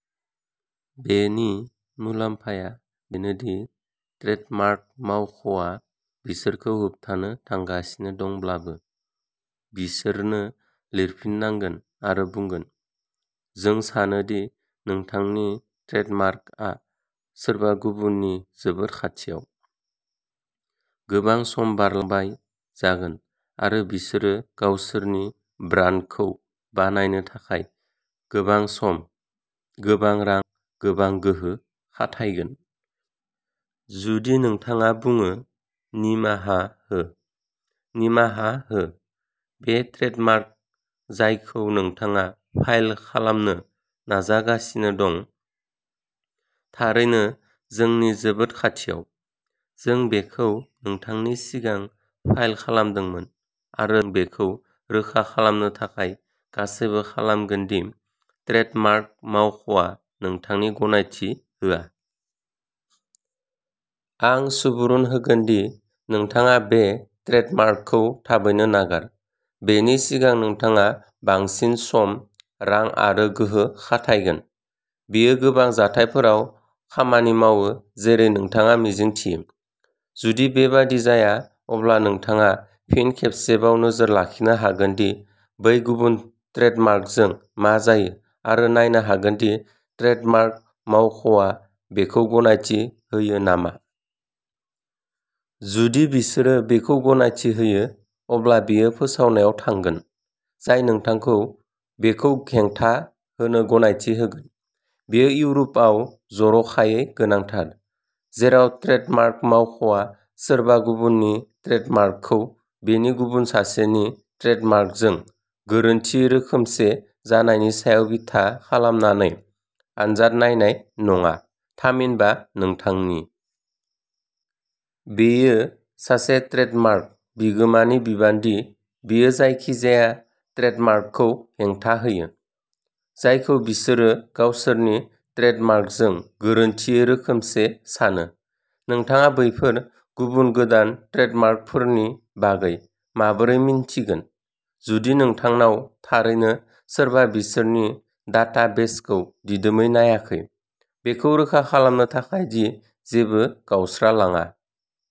बेनि मुलाम्फाया बेनो दि ट्रेडमार्क मावख'आ बिसोरखौ होबथानो थांगासिनो दंब्लाबो, बिसोरनो लिरफिनगोन आरो बुंगोन, "जों सानो दि नोंथांनि ट्रेडमार्कआ सोरबा गुबुननि जोबोद खाथियाव", गोबां सम बारलांबाय जागोन आरो बिसोरो गावसोरनि ब्रान्डखौ बानायनो थाखाय गोबां सम, गोबां रां, गोबां गोहो खाथायगोन। जुदि नोंथाङा बुङो, "निमाहा हो, निमाहा हो, बे ट्रेडमार्क जायखौ नोंथाङा फाइल खालामनो नाजागासिनो दं, थारैनो जोंनि जोबोद खाथियाव। जों बेखौ नोंथांनि सिगां फाइल खालामदोंमोन आरो जों बेखौ रोखा खालामनो थाखाय गासैबो खालामगोन दि ट्रेडमार्क मावख'आ नोंथांनि गनायथि होआ। आं सुबुरुन होगोन दि नोंथाङा बे ट्रेडमार्कखौ थाबैनो नागार, बेनि सिगां नोंथाङा बांसिन सम, रां आरो गोहो खाथायगोन। " बेयो गोबां जाथायफोराव खामानि मावो-जेरै नोंथाङा मिजिंथियो। जुदि बेबादि जाया, अब्ला नोंथाङा फिन खेबसेबाव नोजोर लाखिनो हागोन दि बै गुबुन ट्रेडमार्कजों मा जायो आरो नायनो हागोन दि ट्रेडमार्क मावख'आ बेखौ गनायथि होयो नामा। जुदि बिसोरो बेखौ गनायथि होयो, अब्ला बेयो फोसावनायाव थांगोन, जाय नोंथांखौ बेखौ हेंथा होनो गनायथि होगोन। बेयो इउर'पआव जर'खायै गोनांथार, जेराव ट्रेडमार्क मावख'आ सोरबा गुबुननि ट्रेडमार्कखौ बेनि गुबुन सासेनि ट्रेडमार्कजों गोरोन्थियै रोखोमसे जानायनि सायाव बिथा खालामनानै आनजाद नायनाय नङा, थामहिनबा नोंथांनि। बेयो सासे ट्रेडमार्क बिगोमानि बिबान दि बियो जायखिजाया ट्रेडमार्कखौ हेंथा होयो, जायखौ बिसोरो गावसोरनि ट्रेडमार्कजों गोरोन्थियै रोखोमसे सानो। नोंथाङा बैफोर गुबुन गोदान ट्रेडमार्कफोरनि बागै माबोरै मिन्थिगोन जुदि नोंथांनाव थारैनो सोरबा बिसोरनि डाटाबेसखौ दिदोमै नायाखै, बेखौ रोखा खालामनो थाखाय दि जेबो गावस्रालाङा?